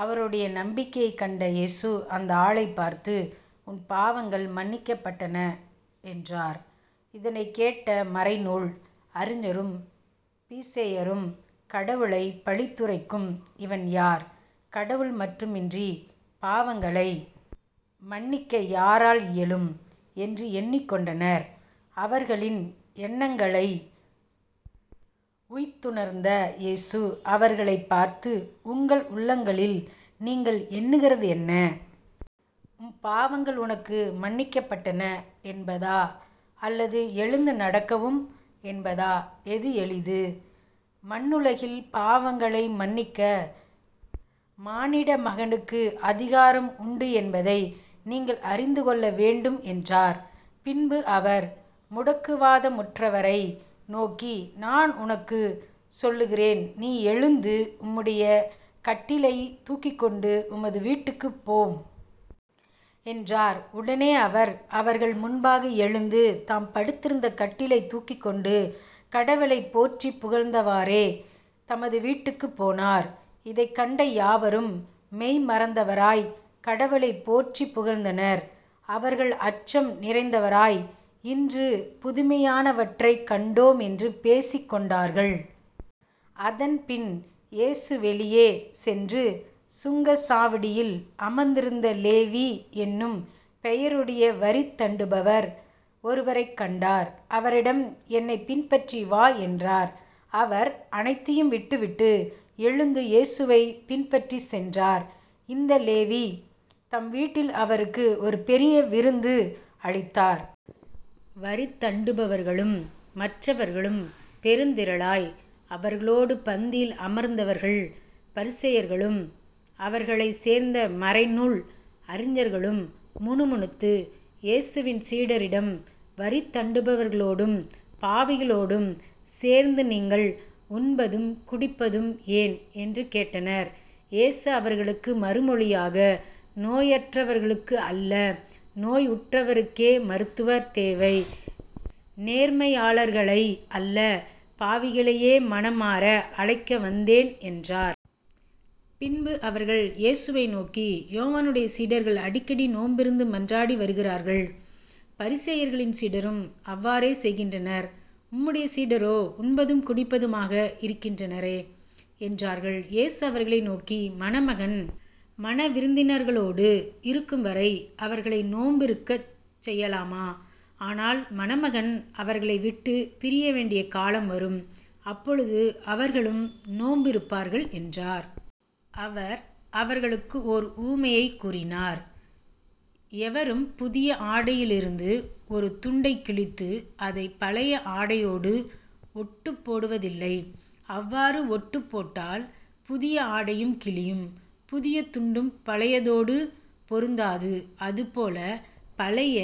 அவர்களுடைய நம்பிக்கையைக் கண்ட இயேசு அந்த ஆளைப் பார்த்து உம் பாவங்கள் மன்னிக்கப்பட்டன என்றார். இதனைக் கேட்ட மறைநூல் அறிஞரும் பிசேயரும் கடவுளைப் பழித்துரைக்கும் இவன் யார்? கடவுள் மட்டுமன்றிப் பாவங்களை மன்னிக்க யாரால் இயலும்? என்று எண்ணிக்கொண்டனர். அவர்களின் எண்ணங்களை உய்த்துணர்ந்த இயேசு அவர்களைப் பார்த்து உங்கள் உள்ளங்களில் நீங்கள் எண்ணுகிறதென்ன? உம் பாவங்கள் உமக்கு மன்னிக்கப்பட்டன என்பதா அல்லது எழுந்து நடக்கவும் என்பதா எது எளிது? மண்ணுலகில் பாவங்களை மன்னிக்க மானிடமகனுக்கு அதிகாரம் உண்டு என்பதை நீங்கள் அறிந்துகொள்ள வேண்டும் என்றார். பின்பு அவர் முடக்குவாதமுற்றவரை நோக்கி நான் உமக்குச் சொல்கிறேன் நீர் எழுந்து உம்முடைய கட்டிலைத் தூக்கிக்கொண்டு உமது வீட்டுக்குப் போம். என்றார். உடனே அவர் அவர்கள் முன்பாக எழுந்து, தாம் படுத்திருந்த கட்டிலைத் தூக்கிக்கொண்டு கடவுளைப் போற்றிப் புகழ்ந்தவாறே தமது வீட்டுக்குப் போனார். இதைக் கண்ட யாவரும் மெய்ம் மறந்தவராய்க் கடவுளைப் போற்றிப் புகழ்ந்தனர். அவர்கள் அச்சம் நிறைந்தவராய் இன்று புதுமையானவற்றைக் கண்டோம். என்று பேசிக் கொண்டார்கள். அதன்பின் இயேசு வெளியே சென்று சுங்கச் சாவடியில் அமர்ந்திருந்த லேவி என்னும் பெயருடைய வரி தண்டுபவர் ஒருவரைக் கண்டார் அவரிடம் என்னைப் பின்பற்றி வா. என்றார். அவர் அனைத்தையும் விட்டுவிட்டு எழுந்து இயேசுவைப் பின்பற்றிச் சென்றார். இந்த லேவி தம் வீட்டில் அவருக்கு ஒரு பெரியவிருந்து அளித்தார். வரி தண்டுபவர்களும் மற்றவர்களும் பெருந்திரளாய் அவர்களோடு பந்தியில் அமர்ந்தார்கள். பரிசேயர்களும் அவர்களைச் சேர்ந்த மறைநூல் அறிஞர்களும் முணுமுணுத்து இயேசுவின் சீடரிடம் வரிதண்டுபவர்களோடும் பாவிகளோடும் சேர்ந்து நீங்கள் உண்பதும் குடிப்பதும் ஏன்? என்று கேட்டனர். இயேசு அவர்களுக்கு மறுமொழியாக நோயற்றவர்க்கு அல்ல, நோயுற்றவர்க்கே மருத்துவர் தேவை. நேர்மையாளர்களை அல்ல, பாவிகளையே மனம் மாற அழைக்க வந்தேன் என்றார். பின்பு அவர்கள் இயேசுவை நோக்கி யோவானுடைய சீடர்கள் அடிக்கடி நோன்பிருந்து மன்றாடி வருகிறார்கள் பரிசேயர்களின் சீடரும் அவ்வாறே செய்கின்றனர். உம்முடைய சீடரோ உண்பதும் குடிப்பதுமாக இருக்கின்றனரே. என்றார்கள். இயேசு அவர்களை நோக்கி மணமகன் மணவிருந்தினர்களோடு இருக்கும் வரை அவர்களை நோன்பு இருக்கச் செய்யலாமா? ஆனால் மணமகன் அவர்களைவிட்டுப் பிரியவேண்டிய காலம் வரும் அப்பொழுது அவர்களும் நோன்பு இருப்பார்கள் என்றார். அவர் அவர்களுக்கு ஓர் உவமையையும் கூறினார் எவரும் புதிய ஆடையிலிருந்து ஒரு துண்டைக் கிழித்து அதைப் பழைய ஆடையோடு ஒட்டுப் போடுவதில்லை. அவ்வாறு ஒட்டுப் போட்டால் புதிய ஆடையும் கிழியும் புதிய துண்டும் பழையதோடு பொருந்தாது. அதுபோலபப் பழைய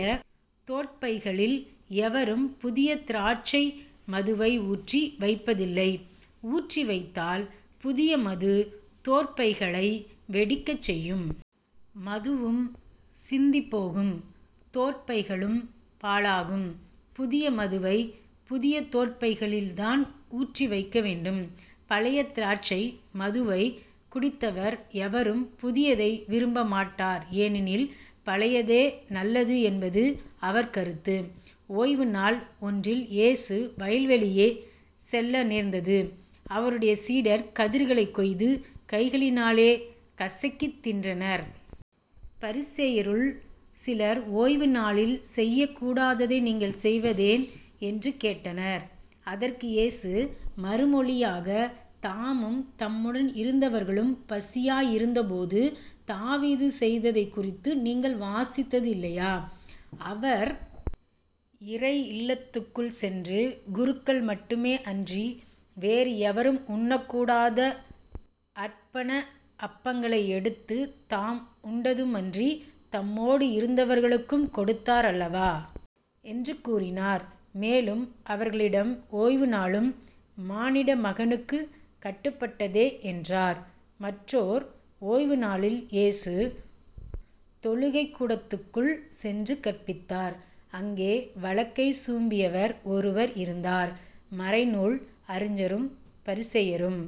தோற்பைகளில் எவரும் புதிய திராட்சை மதுவை ஊற்றி வைப்பதில்லை ஊற்றி வைத்தால் புதிய மது தோற்பைகளை வெடிக்கச் செய்யும். மதுவும் சிந்திப் போகும் தோற்பைகளும் பாழாகும். புதிய மதுவைப் புதிய தோற்பைகளில்தான் ஊற்றி வைக்க வேண்டும். பழைய திராட்சை மதுவைக் குடித்தவர் எவரும் புதியதை விரும்பமாட்டார் ஏனெனில் பழையதே நல்லது என்பது அவர் கருத்து. ஓய்வுநாள் ஒன்றில் இயேசு வயல்வழியே செல்ல நேர்ந்தது. அவருடைய சீடர் கதிர்களைக் கொய்து கைகளினால் கசக்கித் தின்றனர். பரிசேயருள் சிலர் ஓய்வுநாளில் செய்யக் கூடாததை நீங்கள் செய்வதேன்? என்று கேட்டனர். அதற்கு இயேசு மறுமொழியாக தாமும் தம்முடன் இருந்தவர்களும் பசியாய் இருந்த போது, தாவீது செய்ததைக் குறித்து நீங்கள் வாசித்தது இல்லையா? அவர் இறை இல்லத்திற்குள் சென்று குருக்கள் மட்டுமே அன்றி வேறு எவரும் உண்ணக்கூடாத அர்ப்பண அப்பங்களை எடுத்துத் தாம் உண்டதுமன்றித் தம்மோடும் இருந்தவர்களுக்கும் கொடுத்தார் அல்லவா? என்று கூறினார். மேலும் அவர்களிடம் ஓய்வுநாளும் மானிடமகனுக்குக் கட்டுப்பட்டதே என்றார். மற்றோர் ஓய்வுநாளில் இயேசு தொழுகைக்கூடத்திற்குள் சென்று கற்பித்தார். அங்கே வலக்கை சூம்பியவர் ஒருவர் இருந்தார். மறைநூல் அறிஞரும் பரிசேயரும்